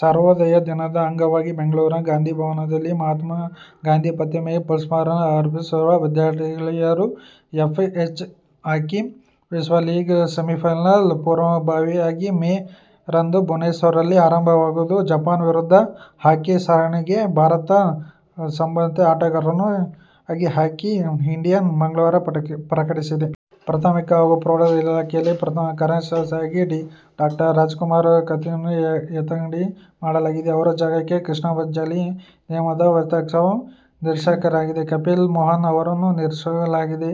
ಸರ್ವೋದಯ ದಿನದ ಅಂಗವಾಗಿ ಬೆಂಗಳೂರಿನ ಗಾಂಧಿ ಭವನದಲ್ಲಿರುವ ಮಹಾತ್ಮಾ ಗಾಂಧಿ ಪ್ರತಿಮೆಗೆ ಪುಷ್ಪಗಳನ್ನು ಅರ್ಪಿಸುತ್ತಿರುವ ವಿದ್ಯಾರ್ಥಿನಿಯರು. ಎಫ್ಐಎಚ್ ಹಾಕಿ ವಿಶ್ವ ಲೀಗ್ ಸೆಮಿಫೈನಲ್ ಪೂರ್ವಭಾವಿಯಾಗಿ ಮೇ ರಿಂದ ಭುವನೇಶ್ವರದಲ್ಲಿ ಆರಂಭವಾಗುವ ಜಪಾನ್ ವಿರುದ್ಧದ ಹಾಕಿ ಸರಣಿಗಾಗಿ ಭಾರತದ ಸಂಭಾವ್ಯ ಆಟಗಾರರ ಯಾದಿಯನ್ನು ಹಾಕಿ ಇಂಡಿಯಾ ಮಂಗಳವಾರ ಪ್ರಕಟಿಸಿದೆ. ಪ್ರಾಥಮಿಕ ಹಾಗೂ ಪ್ರೌಢಶಿಕ್ಷಣ ಇಲಾಖೆಯ ಪ್ರಧಾನ ಕಾರ್ಯದರ್ಶಿಯಾಗಿದ್ದ ಡಾ. ರಾಜಕುಮಾರ್ ಖತ್ರಿಯವರನ್ನು ಎತ್ತಂಗಡಿ ಮಾಡಲಾಗಿದ್ದು, ಅವರ ಜಾಗಕ್ಕೆ ಕೃಷ್ಣಭಾಗ್ಯಜಲ ನಿಗಮದ ವ್ಯವಸ್ಥಾಪಕ ನಿರ್ದೇಶಕರಾಗಿದ್ದ ಕಪಿಲ್ ಮೋಹನ್ ಅವರನ್ನು ನಿಯುಕ್ತಿಗೊಳಿಸಲಾಗಿದೆ.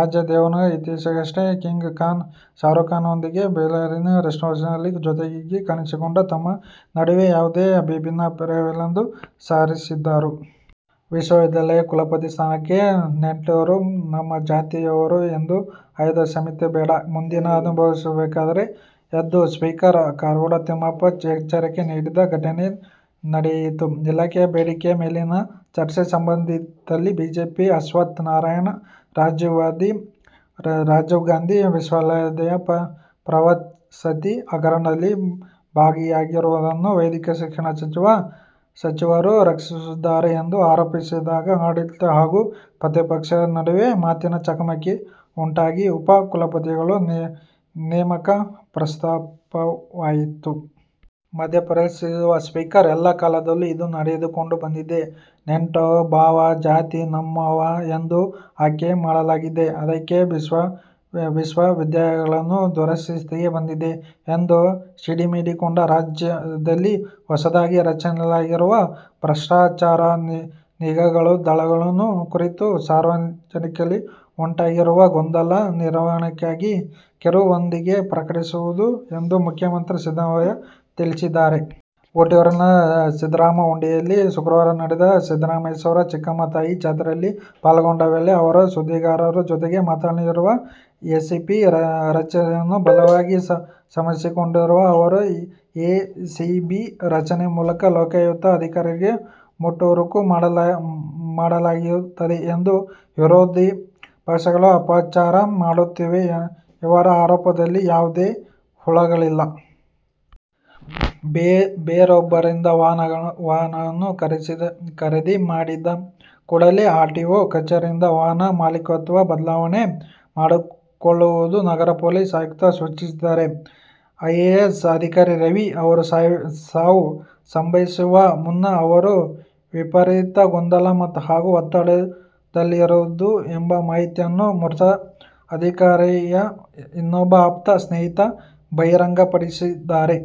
ಅಜಯ್ ದೇವಗನ್ ಇತ್ತೀಚೆಗಷ್ಟೇ ಕಿಂಗ್ ಖಾನ್ ಶಾರೂಕ್'ರೊಂದಿಗೆ ಬಲ್ಗೇರಿಯಾದ ರೆಸ್ಟೋರೆಂಟ್'ನಲ್ಲಿ ಜೊತೆಯಾಗಿ ಕಾಣಿಸಿಕೊಂಡು ತಮ್ಮ ನಡುವೆ ಯಾವುದೇ ಭಿನ್ನಾಬಿಪ್ರಾಯವಿಲ್ಲವೆಂದು ಸಾರಿದ್ದರು. ವಿಶ್ವವಿದ್ಯಾಲಯಗಳ ಕುಲಪತಿ ಸ್ಥಾನಕ್ಕೆ ನೆಂಟರು, ನಮ್ಮ ಜಾತಿಯವರು ಎಂದು ಆಯ್ದು ನೇಮಿಸಬೇಡಿ. ಮುಂದೆ ಅನುಭವಿಸಬೇಕಾಗುತ್ತದೆ ಎಂದು ಸ್ಪೀಕರ್ ಕಾಗೋಡು ತಿಮ್ಮಪ್ಪ ಎಚ್ಚರಿಕೆ ನೀಡಿದ ಘಟನೆ ನಡೆಯಿತು. ಇಲಾಖೆಗಳ ಬೇಡಿಕೆ ಮೇಲಿನ ಚರ್ಚೆ ಸಂದರ್ಭದಲ್ಲಿ ಬಿಜೆಪಿಯ ಅಶ್ವತ್ಥ್ನಾರಾಯಣ, ರಾಜೀವ್ಗಾಂಧಿ ವಿಶ್ವವಿದ್ಯಾಲಯದ ಪ್ರವೇಶಾತಿ ಹಗರಣದಲ್ಲಿ ಭಾಗಿಯಾಗಿರುವವರನ್ನು ವೈದ್ಯಕೀಯ ಶಿಕ್ಷಣ ಸಚಿವರು ರಕ್ಷಿಸುತ್ತಿದ್ದಾರೆ ಎಂದು ಆರೋಪಿಸಿದಾಗ ಆಡಳಿತ ಹಾಗೂ ಪ್ರತಿಪಕ್ಷ ಸದಸ್ಯರ ನಡುವೆ ಮಾತಿನ ಚಕಮಕಿ ಉಂಟಾಗಿ ಉಪ ಕುಲಪತಿಗಳ ನೇಮಕ ಪ್ರಸ್ತಾಪವಾಯಿತು. ಮಧ್ಯೆಪ್ರವೇಶಿದ ಸ್ಪೀಕರ್, ಎಲ್ಲರ ಕಾಲದಲ್ಲೂ ಇದು ನಡೆದುಕೊಂಡು ಬಂದಿದೆ. ನೆಂಟ, ಭಾವ, ಜಾತಿ, ನಮ್ಮವ ಎಂದು ಆಯ್ಕೆ ಮಾಡಲಾಗಿದೆ. ಅದಕ್ಕೆ ವಿಶ್ವವಿದ್ಯಾಲಯಗಳು ದುಸ್ಥಿತಿಗೆ ಬಂದಿವೆ ಎಂದು ಸಿಡಿಮಿಡಿಗೊಂಡರು. ರಾಜ್ಯದಲ್ಲಿ ಹೊಸದಾಗಿ ರಚನೆಯಾಗಲಿರುವ ಭ್ರಷ್ಟಾಚಾರ ನಿಗ್ರಹ ದಳ ಕುರಿತು ಸಾರ್ವಜನಿಕರಲ್ಲಿ ಉಂಟಾಗಿರುವ ಗೊಂದಲ ನಿವಾರಣೆಗಾಗಿ ಕಿರುಹೊತ್ತಿಗೆ ಪ್ರಕಟಿಸಲಾಗುವುದು ಎಂದು ಮುಖ್ಯಮಂತ್ರಿ ಸಿದ್ದರಾಮಯ್ಯ ತಿಳಿಸಿದ್ದಾರೆ. ಹುಟ್ಟೂರು ಸಿದ್ದರಾಮನಹುಂಡಿಯಲ್ಲಿ ಶುಕ್ರವಾರ ನಡೆದ ಸಿದ್ದರಾಮೇಶ್ವರ-ಚಿಕ್ಕಮ್ಮ ತಾಯಿ ಜಾತ್ರೆಯಲ್ಲಿ ಪಾಲ್ಗೊಂಡ ವೇಳೆ ಅವರು ಸುದ್ದಿಗಾರರ ಜತೆ ಮಾತನಾಡಿದರು. ಎಸಿಬಿ ರಚನೆಯನ್ನು ಬಲವಾಗಿ ಸಮರ್ಥಿಸಿಕೊಂಡ ಅವರು, ಎಸಿಬಿ ರಚನೆ ಮೂಲಕ ಲೋಕಾಯುಕ್ತದ ಅಧಿಕಾರ ಮೊಟಕು ಮಾಡಲಾಗುತ್ತಿದೆ ಎಂದು ವಿರೋಧ ಪಕ್ಷಗಳು ಅಪಪ್ರಚಾರ ಮಾಡುತ್ತಿವೆ. ಇವರ ಆರೋಪದಲ್ಲಿ ಯಾವುದೇ ಹುರುಳಿಲ್ಲ. ಬೇರೊಬ್ಬರಿಂದ ವಾಹನಗಳನ್ನು ಖರೀದಿ ಮಾಡಿದ ಕೂಡಲೇ ಆರ್ಟಿಒ ಕಚೇರಿಯಿಂದ ವಾಹನದ ಮಾಲಿಕತ್ವ ಬದಲಾವಣೆ ಮಾಡಿಸಿಕೊಳ್ಳುವಂತೆ ನಗರ ಪೊಲೀಸ್ ಆಯುಕ್ತರು ಸೂಚಿಸಿದ್ದಾರೆ. ಐಎಎಸ್ ಅಧಿಕಾರಿ ರವಿ ಅವರ ಸಾವು ಸಂಭವಿಸುವ ಮುನ್ನ ಅವರು ವಿಪರೀತ ಗೊಂದಲ ಹಾಗೂ ಒತ್ತಡದಲ್ಲಿದ್ದರು ಎಂಬ ಮಾಹಿತಿಯನ್ನು ಮೃತ ಅಧಿಕಾರಿಯ ಇಬ್ಬರು ಆಪ್ತ ಸ್ನೇಹಿತರು ಬಹಿರಂಗಪಡಿಸಿದ್ದಾರೆ.